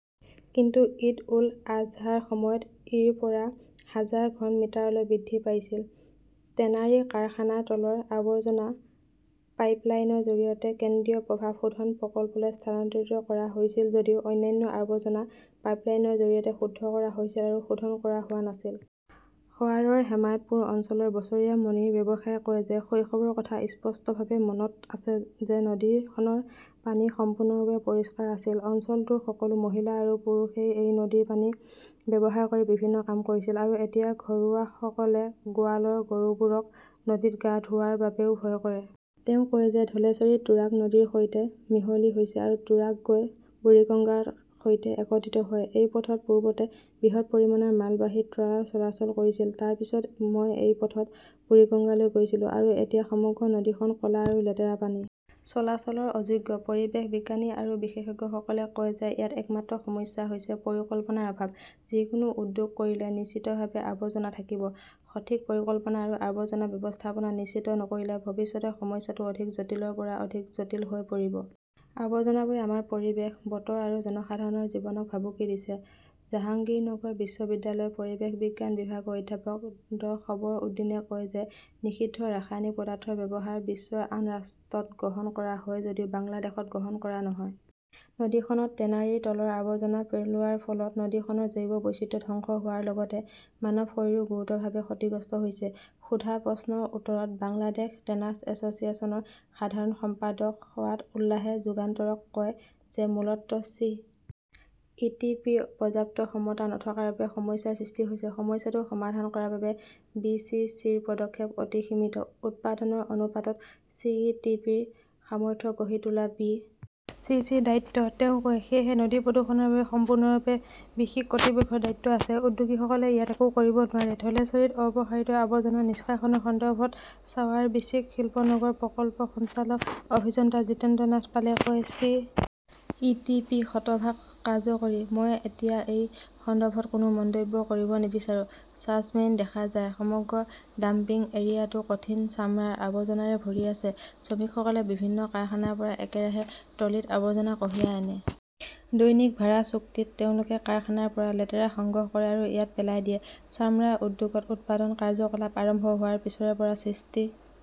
কিন্তু ঈদ-উল-আজহাৰ সময়ত ই ৰ পৰা হাজাৰ ঘন মিটাৰলৈ বৃদ্ধি পাইছিল। টেনাৰী কাৰখানাৰ তৰল আৱৰ্জনা পাইপলাইনৰ জৰিয়তে কেন্দ্ৰীয় প্ৰভাৱ শোধন প্ৰকল্পলৈ স্থানান্তৰিত কৰা হৈছিল যদিও অন্যান্য আৱৰ্জনা পাইপলাইনৰ জৰিয়তে শুদ্ধ কৰা হৈছিল আৰু শোধন কৰা হোৱা নাছিল। সৱাৰৰ হেমায়তপুৰ অঞ্চলৰ বছৰীয়া মনিৰ ব্যৱসায়ীয়ে কয় যে শৈশৱৰ কথা স্পষ্টভাৱে মনত আছে যে নদীখনৰ পানী সম্পূৰ্ণৰূপে পৰিষ্কাৰ আছিল। অঞ্চলটোৰ সকলো মহিলা আৰু পুৰুষই এই নদীৰ পানী ব্যৱহাৰ কৰি বিভিন্ন কাম কৰিছিল। আৰু এতিয়া ঘৰুৱাসকলে গোৱালৰ গৰুবোৰক নদীত গা ধোৱাৰ বাবেও ভয় কৰে। তেওঁ কয় যে ধলেশ্বৰী তুৰাগ নদীৰ সৈতে মিহলি হৈছে। আৰু তুৰাগ গৈ বুৰিগাংগাৰ সৈতে একত্ৰিত হয়। এই পথত পূৰ্বতে বৃহৎ পৰিমাণৰ মালবাহী ট্ৰলাৰ চলাচল কৰিছিল। তাৰ পিছত মই এই পথত বুৰিগঙ্গালৈ গৈছিলো। আৰু এতিয়া সমগ্ৰ নদীখন ক 'লা আৰু লেতেৰা পানী। চলাচলৰ অযোগ্য। পৰিৱেশ বিজ্ঞানী আৰু বিশেষজ্ঞসকলে কয় যে ইয়াত একমাত্ৰ সমস্যা হৈছে পৰিকল্পনাৰ অভাৱ। যিকোনো উদ্যোগ কৰিলে নিশ্চিতভাৱে আৱৰ্জনা থাকিব। সঠিক পৰিকল্পনা আৰু আৱৰ্জনা ব্যৱস্থাপনা নিশ্চিত নকৰিলে, ভৱিষ্যতে সমস্যাটো অধিক জটিলৰ পৰা অধিক জটিল হৈ পৰিব। আৱৰ্জনাবোৰে আমাৰ পৰিৱেশ, বতৰ আৰু জনসাধাৰণৰ জীৱনক ভাবুকি দিছে। জাহাংগীৰনগৰ বিশ্ববিদ্যালয়ৰ পৰিৱেশ বিজ্ঞান বিভাগৰ অধ্যাপক ড খবৰ উদ্দীনে কয় যে নিষিদ্ধ ৰাসায়নিক পদাৰ্থৰ ব্যৱহাৰ বিশ্বৰ আন ৰাষ্ট্ৰত গ্ৰহণ কৰা হয় যদিও বাংলাদেশত গ্ৰহণ কৰা নহয়। নদীখনত টেনাৰীৰ তৰল আৱৰ্জনা পেলোৱাৰ ফলত নদীখনৰ জৈৱ বৈচিত্ৰ্য ধ্বংস হোৱাৰ লগতে মানৱ শৰীৰো গুৰুতৰভাৱে ক্ষতিগ্ৰস্ত হৈছে। সোধা প্ৰশ্নৰ উত্তৰত বাংলাদেশ টেনাৰ্ছ এছ "চিয়েশ্যনৰ সাধাৰণ সম্পাদক শখাৱত উল্লাহে যুগান্তৰক কয় যে মূলতঃ চি. ই. টি. পি. -ৰ পৰ্যাপ্ত ক্ষমতা নথকাৰ বাবে সমস্যাৰ সৃষ্টি হৈছে। সমস্যাটো সমাধান কৰাৰ বাবে বি. চি. চি. -ৰ পদক্ষেপ অতি সীমিত। "উৎপাদনৰ অনুপাতত চি. ই. টি. পি. -ৰ সামৰ্থ্য গঢ়ি তোলা বি. চি. চি. -ৰ দায়িত্ব", তেওঁ কয়। সেয়েহে নদী প্ৰদূষণৰ বাবে সম্পূৰ্ণৰূপে বিসিক কৰ্তৃপক্ষৰ দায়িত্ব আছে। উদ্যোগীসকলে ইয়াত একো কৰিব নোৱাৰে। "ধলেশ্বৰীত অপসাৰিত আৱৰ্জনা নিষ্কাশনৰ সন্দৰ্ভত ছাৱাৰ বিসিক শিল্পনগৰৰ প্ৰকল্প সঞ্চালক অভিযন্তা জিতেন্দ্ৰ নাথ পালে কয়", "চি. ই. টি. পি. শতভাগ কাৰ্যকৰী। " মই এতিয়া এই সন্দৰ্ভত কোনো মন্তব্য কৰিব নিবিচাৰো। 'চাৰ্জমেইন দেখা যায়, সমগ্ৰ ডাম্পিং এৰিয়াটো কঠিন চামৰাৰ আৱৰ্জনাৰে ভৰি আছে। শ্ৰমিকসকলে বিভিন্ন কাৰখানাৰ পৰা একেৰাহে ট্ৰলীত আৱৰ্জনা কঢ়িয়াই আনে। দৈনিক ভাড়া চুক্তিত তেওঁলোকে কাৰখানাৰ পৰা লেতেৰা সংগ্ৰহ কৰে আৰু ইয়াত পেলাই দিয়ে। চামৰা উদ্যোগত উৎপাদন কাৰ্যকলাপ আৰম্ভ হোৱাৰ পিছৰে পৰা সৃষ্টি